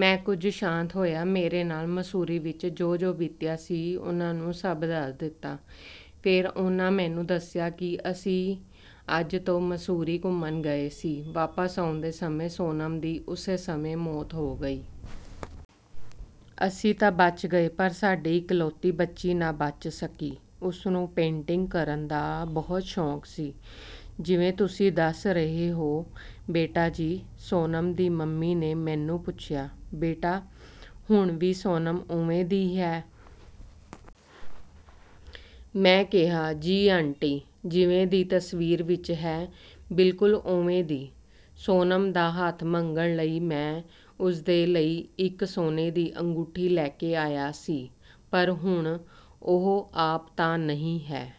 ਮੈਂ ਕੁਝ ਸ਼ਾਂਤ ਹੋਇਆ। ਮੇਰੇ ਨਾਲ ਮਸੂਰੀ ਵਿੱਚ ਜੋ-ਜੋ ਬੀਤਿਆ ਸੀ, ਉਹਨਾਂ ਨੂੰ ਸਭ ਦੱਸ ਦਿੱਤਾ। ਫੇਰ ਉਹਨਾਂ ਮੈਨੂੰ ਦੱਸਿਆ ਕਿ ਅਸੀਂ ਅੱਜ ਤੋਂ ਮਸੂਰੀ ਘੁੰਮਣ ਗਏ ਸੀ। ਵਾਪਸ ਆਉਂਦੇ ਸਮੇਂ ਸੋਨਮ ਦੀ ਉਸੇ ਸਮੇਂ ਮੌਤ ਹੋ ਗਈ। ਅਸੀਂ ਤਾਂ ਬਚ ਗਏ ਪਰ ਸਾਡੀ ਇਕਲੌਤੀ ਬੱਚੀ ਨਾ ਬਚ ਸਕੀ। ਉਸਨੂੰ ਪੇਂਟਿੰਗ ਕਰਨ ਦਾ ਬਹੁਤ ਸ਼ੌਂਕ ਸੀ। ਜਿਵੇਂ ਤੁਸੀਂ ਦੱਸ ਰਹੇ ਹੋ, ਬੇਟਾ ਜੀ। ਸੋਨਮ ਦੀ ਮੰਮੀ ਨੇ ਮੈਨੂੰ ਪੁੱਛਿਆ, "ਬੇਟਾ, ਹੁਣ ਵੀ ਸੋਨਮ ਓਵੇਂ ਦੀ ਹੈ?" ਮੈਂ ਕਿਹਾ, "ਜੀ ਆਂਟੀ, ਜਿਵੇਂ ਦੀ ਤਸਵੀਰ ਵਿੱਚ ਹੈ, ਬਿਲਕੁਲ ਓਵੇਂ ਦੀ।" ਸੋਨਮ ਦਾ ਹੱਥ ਮੰਗਣ ਲਈ ਮੈਂ ਉਸਦੇ ਲਈ ਇੱਕ ਸੋਨੇ ਦੀ ਅੰਗੂਠੀ ਲੈ ਕੇ ਆਇਆ ਸੀ। ਪਰ ਹੁਣ ਉਹ ਆਪ ਤਾਂ ਨਹੀਂ ਹੈ।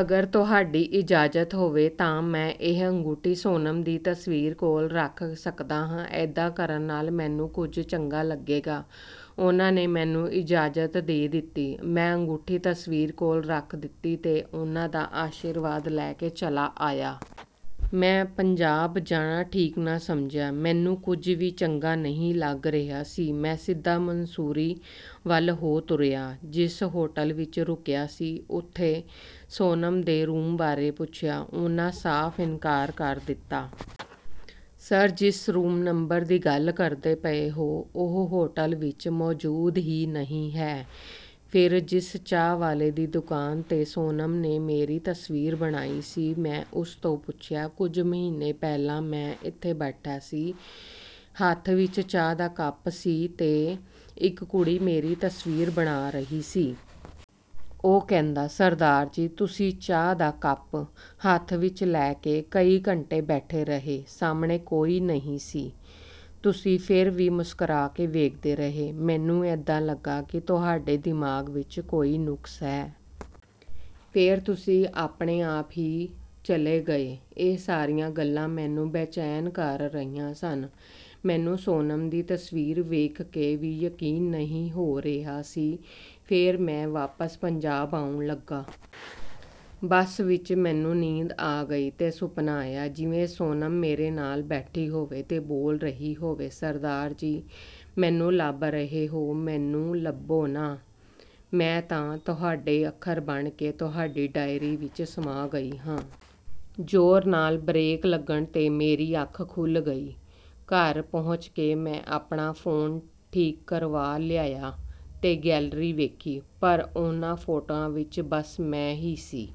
"ਅਗਰ ਤੁਹਾਡੀ ਇਜਾਜ਼ਤ ਹੋਵੇ ਤਾਂ ਮੈਂ ਇਹ ਅੰਗੂਠੀ ਸੋਨਮ ਦੀ ਤਸਵੀਰ ਕੋਲ ਰੱਖ ਸਕਦਾ ਹਾਂ। ਏਦਾਂ ਕਰਨ ਨਾਲ ਮੈਨੂੰ ਕੁਝ ਚੰਗਾ ਲੱਗੇਗਾ।" ਉਹਨਾਂ ਨੇ ਮੈਨੂੰ ਇਜਾਜ਼ਤ ਦੇ ਦਿੱਤੀ। ਮੈਂ ਅੰਗੂਠੀ ਤਸਵੀਰ ਕੋਲ ਰੱਖ ਦਿੱਤੀ ਤੇ ਉਹਨਾਂ ਦਾ ਆਸ਼ੀਰਵਾਦ ਲੈ ਕੇ ਚੱਲਾ ਆਇਆ। ਮੈਂ ਪੰਜਾਬ ਜਾਣਾ ਠੀਕ ਨਾ ਸਮਝਿਆ। ਮੈਨੂੰ ਕੁਝ ਵੀ ਚੰਗਾ ਨਹੀਂ ਲੱਗ ਰਿਹਾ ਸੀ। ਮੈਂ ਸਿੱਧਾ ਮਸੂਰੀ ਵੱਲ ਹੋ ਤੁਰਿਆ। ਜਿਸ ਹੋਟਲ ਵਿੱਚ ਰੁਕਿਆ ਸੀ, ਉੱਥੋਂ ਸੋਨਮ ਦੇ ਰੂਮ ਬਾਰੇ ਪੁੱਛਿਆ। ਉਹਨਾਂ ਸਾਫ਼ ਇਨਕਾਰ ਕਰ ਦਿੱਤਾ। "ਸਰ, ਜਿਸ ਰੂਮ ਨੰਬਰ ਦੀ ਗੱਲ ਕਰਦੇ ਪਏ ਹੋ, ਉਹ ਹੋਟਲ ਵਿੱਚ ਮੌਜੂਦ ਹੀ ਨਹੀਂ ਹੈ।" ਫਿਰ ਜਿਸ ਚਾਹ ਵਾਲੇ ਦੀ ਦੁਕਾਨ 'ਤੇ ਸੋਨਮ ਨੇ ਮੇਰੀ ਤਸਵੀਰ ਬਣਾਈ ਸੀ, ਮੈਂ ਉਸ ਤੋਂ ਪੁੱਛਿਆ, "ਕੁਝ ਮਹੀਨੇ ਪਹਿਲਾਂ ਮੈਂ ਏਥੇ ਬੈਠਾ ਸੀ, ਹੱਥ ਵਿੱਚ ਚਾਹ ਦਾ ਕੱਪ ਸੀ ਤੇ ਇੱਕ ਕੁੜੀ ਮੇਰੀ ਤਸਵੀਰ ਬਣਾ ਰਹੀ ਸੀ।" ਉਹ ਕਹਿੰਦਾ, "ਸਰਦਾਰ ਜੀ, ਤੁਸੀਂ ਚਾਹ ਦਾ ਕੱਪ ਹੱਥ ਵਿੱਚ ਲੈ ਕੇ ਕਈ ਘੰਟੇ ਬੈਠੇ ਰਹੇ। ਸਾਹਮਣੇ ਕੋਈ ਨਹੀਂ ਸੀ। ਤੁਸੀਂ ਫਿਰ ਵੀ ਮੁਸਕਰਾ ਕੇ ਵੇਖਦੇ ਰਹੇ। ਮੈਨੂੰ ਏਦਾਂ ਲੱਗਾ ਕਿ ਤੁਹਾਡੇ ਦਿਮਾਗ ਵਿੱਚ ਕੋਈ ਨੁਕਸ ਹੈ। ਫੇਰ ਤੁਸੀਂ ਆਪਣੇ ਆਪ ਹੀ ਚਲੇ ਗਏ।" ਇਹ ਸਾਰੀਆਂ ਗੱਲਾਂ ਮੈਨੂੰ ਬੇਚੈਨ ਕਰ ਰਹੀਆਂ ਸਨ। ਮੈਨੂੰ ਸੋਨਮ ਦੀ ਤਸਵੀਰ ਵੇਖ ਕੇ ਵੀ ਯਕੀਨ ਨਹੀਂ ਹੋ ਰਿਹਾ ਸੀ। ਫੇਰ ਮੈਂ ਵਾਪਸ ਪੰਜਾਬ ਆਉਣ ਲੱਗਾ। ਬੱਸ ਵਿੱਚ ਮੈਨੂੰ ਨੀਂਦ ਆ ਗਈ ਤੇ ਸੁਪਨਾ ਆਇਆ, ਜਿਵੇਂ ਸੋਨਮ ਮੇਰੇ ਨਾਲ ਬੈਠੀ ਹੋਵੇ ਤੇ ਬੋਲ ਰਹੀ ਹੋਵੇ। "ਸਰਦਾਰ ਜੀ, ਮੈਨੂੰ ਲੱਭ ਰਹੇ ਹੋ? ਮੈਨੂੰ ਲੱਭੋ ਨਾ। ਮੈਂ ਤਾਂ ਤੁਹਾਡੇ ਅੱਖਰ ਬਣ ਕੇ ਤੁਹਾਡੀ ਡਾਇਰੀ ਵਿੱਚ ਸਮਾ ਗਈ ਹਾਂ।" ਜ਼ੋਰ ਨਾਲ ਬਰੇਕ ਲੱਗਣ 'ਤੇ ਮੇਰੀ ਅੱਖ ਖੁੱਲ ਗਈ। ਘਰ ਪਹੁੰਚ ਕੇ ਮੈਂ ਆਪਣਾ ਫੋਨ ਠੀਕ ਕਰਵਾ ਲਿਆਇਆ ਤੇ ਗੈਲਰੀ ਵੇਖੀ, ਪਰ ਉਹਨਾਂ ਫੋਟੋਆਂ ਵਿੱਚ ਬਸ ਮੈਂ ਹੀ ਸੀ।